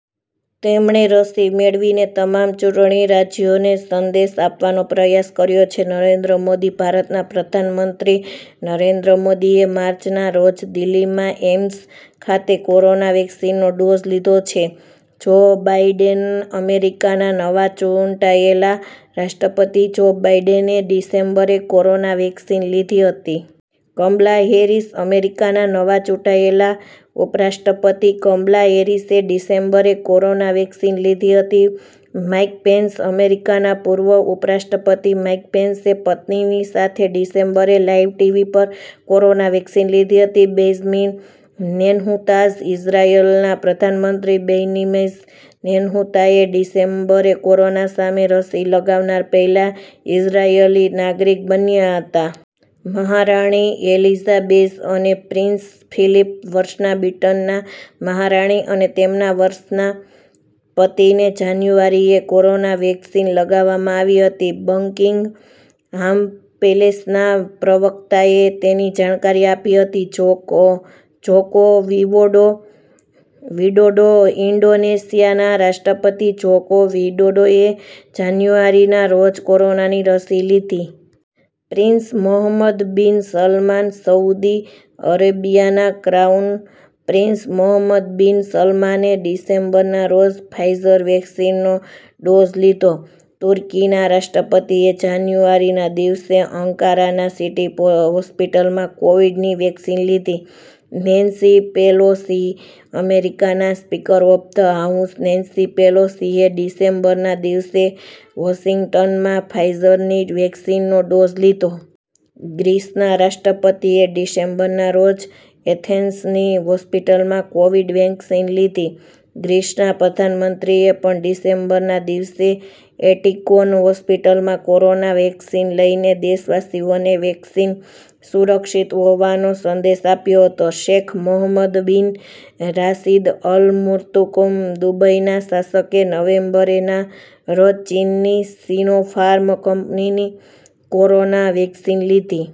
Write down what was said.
તેમણે રસી મેળવીને તમામ ચૂંટણી રાજ્યોને સંદેશ આપવાનો પ્રયાસ કર્યો છે.. નરેન્દ્ર મોદી ભારતના પ્રધાનમંત્રી નરેન્દ્ર મોદી એ માર્ચ ના રોજ દિલ્લીમાં એઈમ્સ ખાતે કોરોના વેક્સીનનો ડોઝ લીધો.. જો બાઈડેન અમેરિકાના નવા ચૂંટાયેલા રાષ્ટ્રપતિ જો બાઈડેને ડિસેમ્બરે કોરોના વેક્સીન લીધી હતી.. કમલા હેરિસ અમેરિકાના નવા ચૂંટાયેલા ઉપરાષ્ટ્રપતિ કમલા હેરિસે ડિસેમ્બરે કોરોના વેક્સીન લીધી હતી.. માઈક પેન્સ અમેરિકાના પૂર્વ ઉપરાષ્ટ્રપતિ માઈક પેન્સે પત્નીની સાથે ડિસેમ્બરે લાઈવ ટીવી પર કોરોના વેક્સીન લીધી હતી.. બેન્ઝામીન નેતન્યાહૂ ઈઝરાયલના પ્રધાનમંત્રી બેન્ઝામીન નેતન્યાહૂએ ડિસેમ્બરે કોરોના સામે રસી લગાવનારા પહેલા ઈઝરાયલી નાગરિક બન્યા હતા.. મહારાણી એલિઝાબેઝ અને પ્રિન્સ ફિલિપ વર્ષના બ્રિટનના મહારાણી અને તેમના વર્ષના પતિને જાન્યુઆરીએ કોરોના વેક્સીન લગાવવામાં આવી હતી. બકિંગહામ પેલેસના પ્રવક્તાએ તેની જાણકારી આપી હતી.. જોકો વિડોડો ઈન્ડોનેશિયાના રાષ્ટ્રપતિ જોકો વિડોડોએ જાન્યુઆરી ના રોજ કોરોનાની રસી લીધી.. prince Mohammed bin Salman Saudi અરેબિયાના ક્રાઉન પ્રિન્સ મોહમ્મદ બિન સલમાને ડિસેમ્બર ના રોજ ફાઈઝર વેક્સીનનો ડોઝ લીધો.. તુર્કીના રાષ્ટ્રપતિએ જાન્યુઆરી ના દિવસે અંકારાના સિટી હોસ્પિટલમાં કોવિડ- ની વેક્સીન લીધી.. નેન્સી પેલોસી અમેરિકાના speaker of the house Nancy પેલોસીએ ડિસેમ્બર ના દિવસે વોશિંગ્ટનમાં ફાઈઝરની વેક્સીનનો ડોઝ લીધો.. ગ્રીસના રાષ્ટ્રપતિએ ડિસેમ્બર ના રોજ એથેન્સની હોસ્પિટલમાં કોવિડ- વેક્સીન લીધી.. ગ્રીસના પ્રધાનમંત્રીએ પણ ડિસેમ્બરના દિવસે એટિકોન હોસ્પિટલમાં કોરોના વેક્સીન લઈને દેશવાસીઓને વેક્સીન સુરક્ષિત હોવાનો સંદેશ આપ્યો હતો.. શેખ મોહમ્મદ બિન રાશિદ અલ મુત્કુમ દુબઈના શાસકે નવેમ્બરે ના રોજ ચીનની સિનોફાર્મ કંપનીની કોરોના વેક્સીન લીધી.